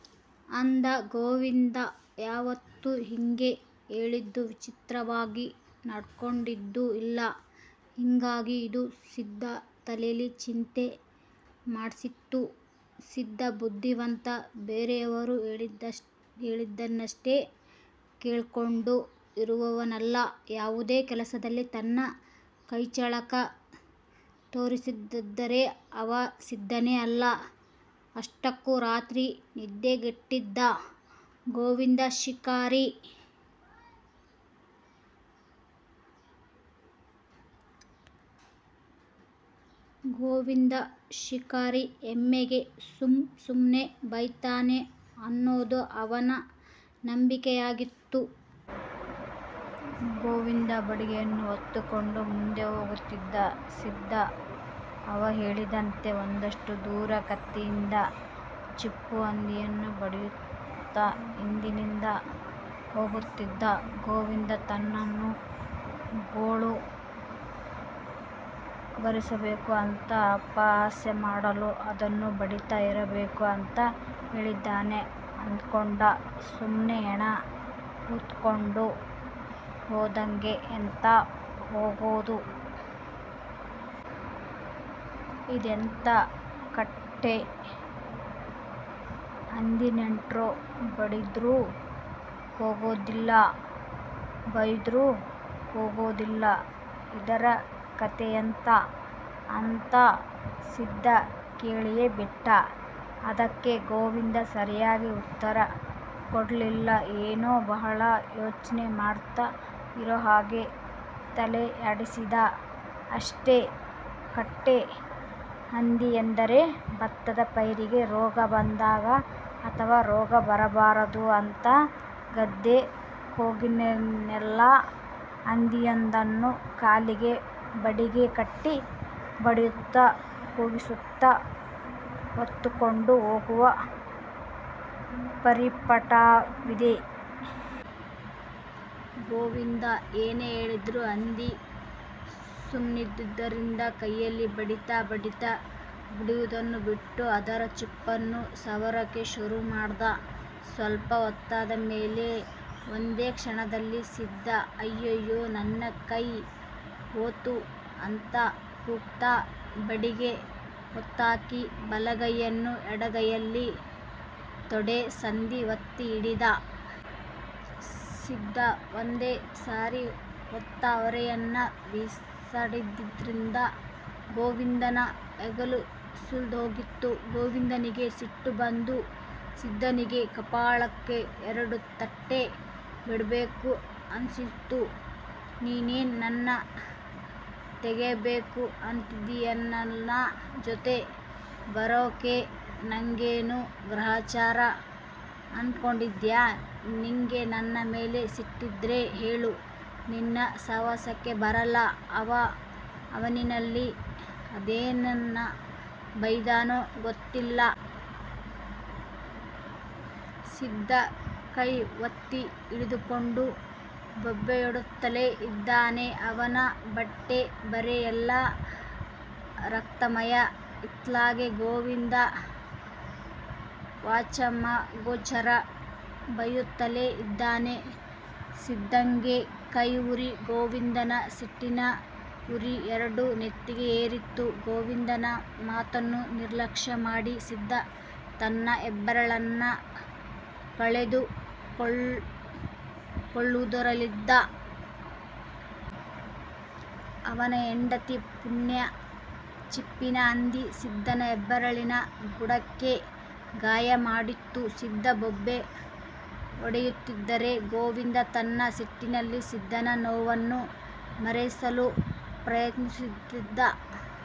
' ಅಂದ. ಗೋವಿಂದ ಯಾವತ್ತೂ ಹಿಂಗೆ ಹೇಳಿದ್ದು, ವಿಚಿತ್ರವಾಗಿ ನಡ್ಕೊಂಡಿದ್ದು ಇಲ್ಲ. ಹಿಂಗಾಗಿ ಇದು ಸಿದ್ದ ತಲೇಲಿ ಚಿಂತೆ ಮೂಡ್ಸಿತ್ತು. ಸಿದ್ದ ಬುದ್ಧಿವಂತ ಬೇರೆಯವರು ಹೇಳಿದ್ದನ್ನಷ್ಟೆ ಕೇಳ್ಕೊಂಡು ಇರುವವನಲ್ಲ. ಯಾವುದೇ ಕೆಲಸದಲ್ಲಿ ತನ್ನ ಕೈಚಳಕ ತೋರಿಸದಿದ್ದರೆ ಅವ ಸಿದ್ದನೇ ಅಲ್ಲ. ಅಷ್ಟಕ್ಕೂ ರಾತ್ರಿ ನಿದ್ದೆ ಗೆಟ್ಟಿದ್ದ ಗೋವಿಂದ ಶಿಕಾರಿ ಹೆಮ್ಮೆಗೆ ಸುಮ್ ಸುಮ್ಮನೆ ಬೈತನೇ ಅನ್ನೋದು ಅವನ ನಂಬಿಕೆಯಾಗಿತ್ತು. ಗೋವಿಂದ ಬಡಿಗೆಯನ್ನು ಹೊತ್ತುಕೊಂಡು ಮುಂದೆ ಹೋಗುತ್ತಿದ್ದ. ಸಿದ್ದ ಅವಹೇಳಿದಂತೆ ಒಂದಷ್ಟು ದೂರ ಕತ್ತಿಯಿಂದ ಚಿಪ್ಪುಹಂದಿಯನ್ನ ಬಡಿಯುತ್ತ ಹಿಂದಿನಿಂದ ಹೋಗುತ್ತಿದ್ದ. ಗೋವಿಂದ ತನ್ನನ್ನು ಗೋಳು ಬರಿಸಬೇಕು ಅಂಥ ಅಪಹಾಸ್ಯ ಮಾಡಲು ಅದನ್ನು ಬಡಿತಾ ಇರಬೇಕು ಅಂತ ಹೇಳಿದ್ದಾನೆ ಅದ್ಕೊಂಡ. 'ಸುಮ್ನೆ ಹೆಣ ಹೊತ್ಗೊಂಡು ಹೋದಂಗೆ ಎಂಥಾ ಹೋಗದು. ಇದೆಂಥಾ ಕಟ್ಟೆ ಹಂದಿನೇಂಡ್ರೋ, ಬಡಿದ್ರೂ ಕೂಗೋದಿಲ್ಲ, ಬೈದ್ರೂ ಕೂಗೋದಿಲ್ಲ, ಇದರ ಕತೆಯೆಂತಾ' ಅಂತ ಸಿದ್ದ ಕೇಳಿಯೇ ಬಿಟ್ಟ. ಅದಕ್ಕೆ ಗೋವಿಂದ ಸರಿಯಾಗಿ ಉತ್ತರ ಕೊಡ್ಲಿಲ್ಲ. ಏನೋ ಬಹಳ ಯೋಚ್ನೆ ಮಾಡ್ತಾ ಇರೋಹಾಗೆ ತಲೆಯಾಡಿಸಿದ ಅಷ್ಟೇ. ಕಟ್ಟೆ ಹಂದಿ ಎಂದರೆ ಬತ್ತದ ಪೈರಿಗೆ ರೋಗ ಬಂದಾಗ ಅಥವಾ ರೋಗ ಬರಬಾರದು ಅಂತ ಗದ್ದೆ ಕೊಗಿನಲ್ಲೆಲ್ಲ ಹಂದಿಯೊಂದನ್ನು ಕಾಲಿಗೆ ಬಡಿಗೆ ಕಟ್ಟಿ ಬಡಿಯುತ್ತ ಕೂಗಿಸುತ್ತ ಹೊತ್ತುಕೊಂಡು ಹೋಗುವ ಪರಿಪಾಠವಿದೆ. ಗೋವಿಂದ ಏನೇ ಹೇಳಿದ್ರೂ ಹಂದಿ ಸುಮ್ಮನಿದ್ದುದ್ದರಿಂದ ಕೈಯಲ್ಲಿ ಬಡಿತಾ ಬಡಿತಾ ಬಡಿಯುವುದನ್ನೂ ಬಿಟ್ಟು ಅದರ ಚಿಪ್ಪನ್ನು ಸವರಕ್ಕೆ ಶುರುಮಾಡ್ದ. ಸ್ವಲ್ಪ ಹೊತ್ತಾದ ಮೇಲೆ ಒಂದೇ ಕ್ಷಣದಲ್ಲಿ ಸಿದ್ದ 'ಅಯ್ಯಯ್ಯೊ ನನ್ನ ಕೈಯ್ ಹೋತು' ಅಂತ ಕೂಗುತ್ತಾ, ಬಡಿಗೆ ಹೊತ್ತಾಕಿ ಬಲಗೈಯನ್ನು ಎಡಗೈಯಲ್ಲಿ ತೊಡೆ ಸಂದಿ ಒತ್ತಿ ಹಿಡಿದ. ಸಿದ್ದ ಒಂದೇ ಸಾರಿ ಹೊತ್ತ ಹೊರೆಯನ್ನ ಬಿಸಾಡಿದ್ರಿಂದ ಗೋವಿಂದನ ಹೆಗಲು ಸುಲ್ದ್ ಹೋಗಿತ್ತು. ಗೋವಿಂದನಿಗೆ ಸಿಟ್ಟು ಬಂದು ಸಿದ್ದನಿಗೆ ಕಪಾಳಕ್ಕೆ ಎರಡು ತಟ್ಟೇ ಬಿಡಬೇಕು ಅನ್ನಿಸ್ತು. 'ನೀನೇನ್ ನನ್ನ ತೆಗೆಯಬೇಕು ಅಂತಿದ್ದಿಯಾನಿನ್ನ ಜೊತೆ ಬರೋಕೆ ನಂಗೇನು ಗ್ರಹಚಾರ ಅಂದ್ಕೊಂಡಿದ್ಯಾ. ನಿಂಗೆ ನನ್ನ ಮೇಲೆ ಸಿಟ್ಟಿದ್ರೆ ಹೇಳು ನಿನ್ನ ಸವಾಸಕ್ಕೆ ಬರಲ್ಲ' ಅವ ನೋವಿನಲ್ಲಿ ಅದೇನೇನ್ ಬೈದನೋ ಗೊತ್ತಿಲ್ಲ. ಸಿದ್ದ ಕೈ ಒತ್ತಿ ಹಿಡಿದುಕೊಂಡು ಬೊಬ್ಬೆಹೊಡೆಯುತ್ತಲೇ ಇದ್ದಾನೆ. ಅವನ ಬಟ್ಟೆ ಬರೆ ಎಲ್ಲ ರಕ್ತಮಯ. ಇತ್ಲಗೆ ಗೋವಿಂದ ವಾಚಮಗೋಚರ ಬೈಯುತ್ತಲೇ ಇದ್ದಾನೆ, ಸಿದ್ದಂಗೆ ಕೈ ಉರಿ, ಗೋವಿಂದನ ಸಿಟ್ಟಿನ ಉರಿ ಎರಡೂ ನೆತ್ತಿಗೆ ಏರಿತ್ತು. ಗೋವಿಂದನ ಮಾತನ್ನು ನಿರ್ಲಕ್ಷ್ಯ ಮಾಡಿ ಸಿದ್ದ ತನ್ನ ಹೆಬ್ಬೆರಳನ್ನ ಕಳೆದು ಕೊಳ್ಳುವುದರಲ್ಲಿದ್ದ. ಅವನ ಹೆಂಡತಿ ಪುಣ್ಯ, ಚಿಪ್ಪಿನ ಹಂದಿ ಸಿದ್ದನ ಹೆಬ್ಬೆರಳಿನ ಬುಡಕ್ಕೆ ಗಾಯ ಮಾಡಿತ್ತು. ಸಿದ್ದ ಬೊಬ್ಬೆ ಹೊಡಿಯುತ್ತಿದರೆ, ಗೋವಿಂದ ತನ್ನ ಸಿಟ್ಟಿನಲ್ಲಿ ಸಿದ್ದನ ನೋವನ್ನು ಮರೆಸಲು ಪ್ರಯತ್ನಿಸುತ್ತಿದ್ದ.